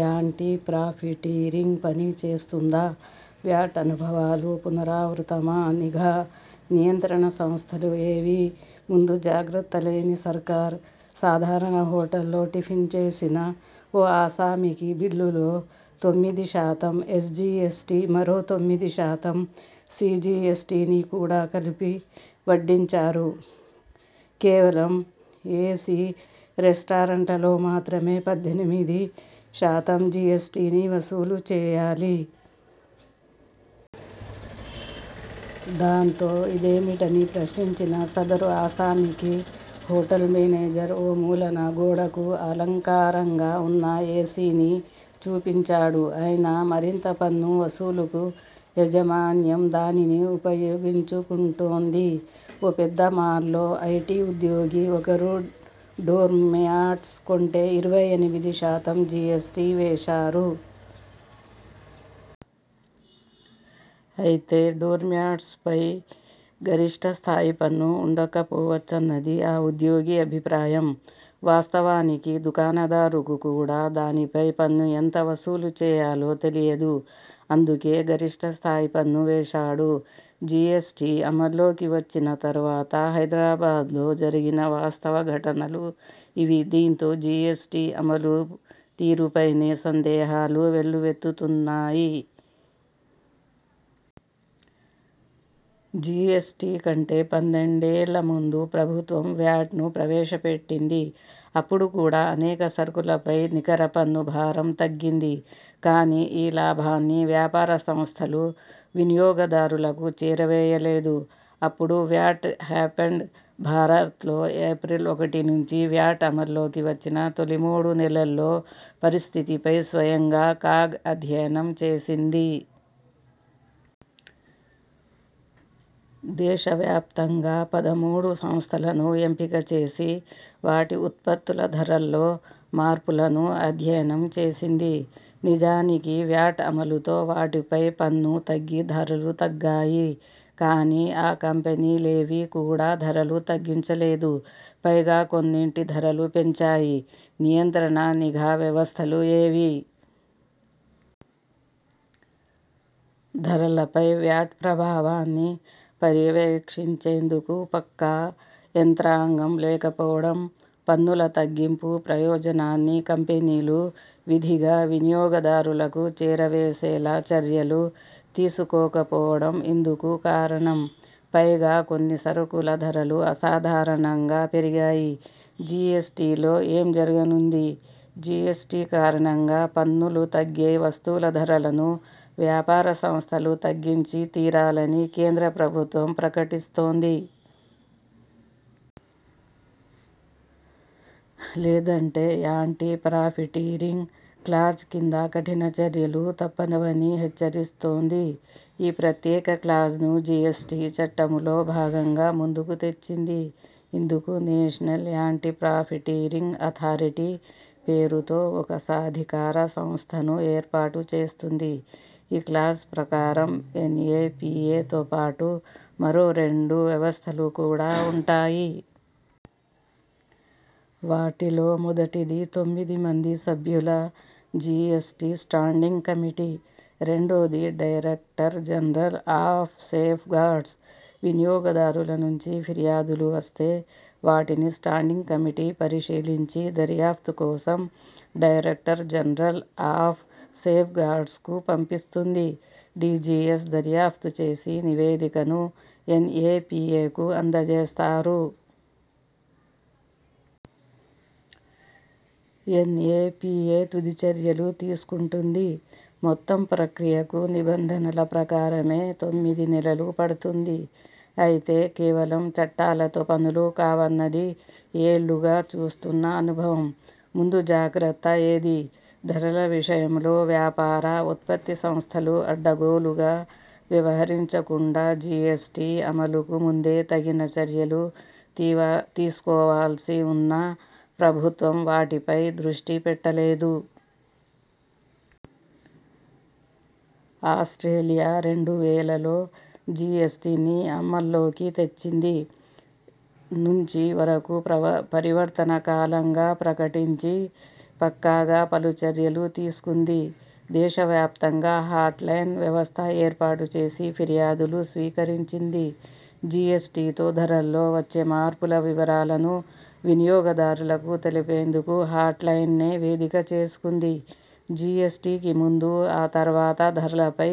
Anti profiteering పని చేస్తుందా? VAT అనుభవాలు పునరావృతమా! నిఘా, నియంత్రణ సంస్థలు ఏవీ!? ముందు జాగ్రత్త లేని సర్కార్ సాధారణ హోటల్లో టిఫిన్ చేసిన ఓ ఆసామికి బిల్లులో తొమ్మిది శాతం ఎస్జీఎస్టీ మరో తొమ్మిది శాతం సీజీఎస్టీని కూడా కలిపి వడ్డించారు. కేవలం ఏసీ రెస్టారెంట్లలో మాత్రమే పద్దెనిమిది శాతం జీఎస్టీని వసూలు చేయాలి. దాంతో, ఇదేమిటని ప్రశ్నించిన సదరు ఆసామికి హోటల్ మేనేజర్ ఓ మూలన గోడకు అలంకారంగా ఉన్న ఏసీని చూపించాడు. అయినా, మరింత పన్ను వసూలుకు యాజమాన్యం దానిని ఉపయోగించుకుంటోంది. ఓ పెద్ద మాల్లో ఐటీ ఉద్యోగి ఒకరు డోర్మ్యాట్స్ కొంటే ఇరవై ఎనిమిది శాతం జీఎస్టీ వేశారు. అయితే, డోర్మ్యాట్స్పై గరిష్ఠ స్థాయి పన్ను ఉండకపోవచ్చన్నది ఆ ఉద్యోగి అభిప్రాయం. వాస్తవానికి, దుకాణదారుకు కూడా దానిపై పన్ను ఎంత వసూలు చేయాలో తెలియదు. అందుకే గరిష్ఠ స్థాయి పన్ను వేశాడు. జీఎస్టీ అమల్లోకి వచ్చిన తర్వాత హైదరాబాద్లో జరిగిన వాస్తవ ఘటనలు ఇవి. దీంతో జీఎస్టీ అమలు తీరుపైనే సందేహాలు వెల్లువెత్తుతున్నాయి. జీఎస్టీ కంటే పన్నెండుఏళ్ల ముందు ప్రభుత్వం వ్యాట్ను ప్రవేశపెట్టింది. అప్పుడు కూడా అనేక సరుకులపై నికర పన్ను భారం తగ్గింది. కానీ, ఈ లాభాన్ని వ్యాపార సంస్థలు వినియోగదారులకు చేరవేయలేదు. అప్పుడు 'వ్యాట్' హ్యాపెండ్? భారత్లో ఏప్రిల్ ఒకటి నుంచి వ్యాట్ అమల్లోకివచ్చిన తొలి మూడు నెలల్లో పరిస్థితిపై స్వయంగా కాగ్ అధ్యయనం చేసింది. దేశవ్యాప్తంగా పదమూడు సంస్థలను ఎంపిక చేసి, వాటి ఉత్పత్తుల ధరల్లో మార్పులను అధ్యయనం చేసింది. నిజానికి, వ్యాట్ అమలుతో వాటిపై పన్ను తగ్గి ధరలు తగ్గాలి. కానీ, ఆ కంపెనీ లేవీ కూడా ధరలు తగ్గించలేదు. పైగా కొన్నింటి ధరలు పెంచాయి. నియంత్రణ, నిఘా వ్యవస్థలు ఏవీ!? ధరలపై వ్యాట్ ప్రభావాన్ని పర్యవేక్షించేందుకు పక్కా యంత్రాంగం లేకపోవడం, పన్నుల తగ్గింపు ప్రయోజనాన్ని కంపెనీలు విధిగా వినియోగదారులకు చేరవేసేలా చర్యలు తీసుకోకపోవడం ఇందుకు కారణం. పైగా కొన్ని సరుకుల ధరలు అసాధారణంగా పెరిగాయి. జీఎస్టీలో ఏం జరగనుంది!? జీఎస్టీ కారణంగా పన్నులు తగ్గే వస్తువుల ధరలను వ్యాపార సంస్థలు తగ్గించి తీరాలని కేంద్ర ప్రభుత్వం ప్రకటిస్తోంది. లేదంటే, 'యాంటీ ప్రాఫిటీరింగ్' క్లాజ్ కింద కఠిన చర్యలు తప్పవని హెచ్చరిస్తోంది. ఈ ప్రత్యేక క్లాజ్ను జీఎస్టీ చట్టంలో భాగంగా ముందుకు తెచ్చింది. ఇందుకు 'నేషనల్ యాంటీ ప్రాఫిటీరింగ్ అథారిటీ' పేరుతో ఒక సాధికార సంస్థను ఏర్పాటు చేస్తుంది. ఈ క్లాజ్ ప్రకారం, ఎన్ఏపీఏతోపాటు మరో రెండు వ్యవస్థలు కూడా ఉంటాయి. వాటిలో మొదటిది తొమ్మిది మంది సభ్యుల జీఎస్టీ స్టాండింగ్ కమిటీ. రెండోది, డైరెక్టర్ జనరల్ ఆఫ్ సేఫ్గార్డ్స్. వినియోగదారుల నుంచి ఫిర్యాదులు వస్తే, వాటిని స్టాండింగ్ కమిటీ పరిశీలించి దర్యాప్తు కోసం డైరెక్టర్ జనరల్ ఆఫ్ సేఫ్గార్డ్స్కు పంపిస్తుంది. డీజీఎస్ దర్యాప్తు చేసి నివేదికను ఎన్ఏపీఏకు అందజేస్తారు. ఎన్ఏపీఏ తుది చర్యలు తీసుకుంటుంది. మొత్తం ప్రక్రియకు నిబంధనల ప్రకారమే తొమ్మిది నెలలు పడుతుంది. అయితే, కేవలం చట్టాలతో పనులు కావన్నది ఏళ్లుగా చూస్తున్న అనుభవం. ముందు జాగ్రత్త ఏదీ? ధరల విషయంలో వ్యాపార, ఉత్పత్తి సంస్థలు అడ్డగోలుగా వ్యవహరించకుండా జీఎస్టీ అమలుకు ముందే తగిన చర్యలు తీసుకోవాల్సి ఉన్నా, ప్రభుత్వం వాటిపై దృష్టి పెట్టలేదు. ఆస్ట్రేలియా రెండు వేలలో జీఎస్టీని అమల్లోకి తెచ్చింది. నుంచి వరకూ పరివర్తన కాలంగా ప్రకటించి పక్కాగా పలు చర్యలు తీసుకుంది. దేశవ్యాప్తంగా హాట్లైన్ వ్యవస్థ ఏర్పాటు చేసి ఫిర్యాదులు స్వీకరించింది. జీఎస్టీతో ధరల్లో వచ్చే మార్పుల వివరాలను వినియోగదారులకు తెలిపేందుకు హాట్లైన్నే వేదిక చేసుకుంది. జీఎస్టీకి ముందు, ఆ తర్వాత ధరలపై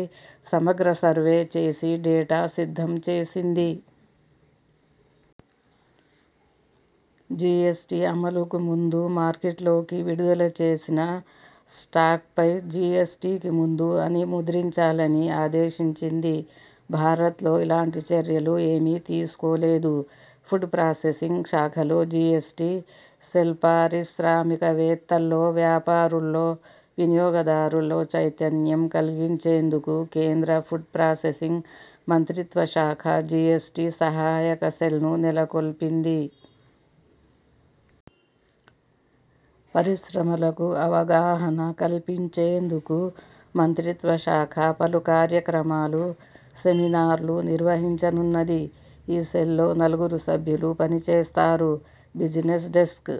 సమగ్ర సర్వే చేసి డేటా సిద్ధం చేసింది. జీఎస్టీ అమలుకు ముందు మార్కెట్లోకి విడుదల చేసిన స్టాక్పై 'జీఎస్టీకి ముందు' అని ముద్రించాలని ఆదేశించింది. భారత్లో ఇలాంటి చర్యలు ఏమీ తీసుకోలేదు. ఫుడ్ ప్రాసెసింగ్ శాఖలో జీఎస్టీ సెల్పారిశ్రామికవేత్తల్లో, వ్యాపారుల్లో, వినియోగదారుల్లో చైతన్యం కలిగించేందుకు కేంద్ర ఫుడ్ ప్రాసెసింగ్ మంత్రిత్వశాఖ జీఎస్టీ సహాయక సెల్ను నెలకొల్పింది. పరిశ్రమలకు అవగాహన కల్పించేందుకు మంత్రిత్వశాఖ పలు కార్యక్రమాలు, సెమినార్లు నిర్వహించనున్నది. ఈ సెల్లో నలుగురు సభ్యులు పని చేస్తారు. Business desk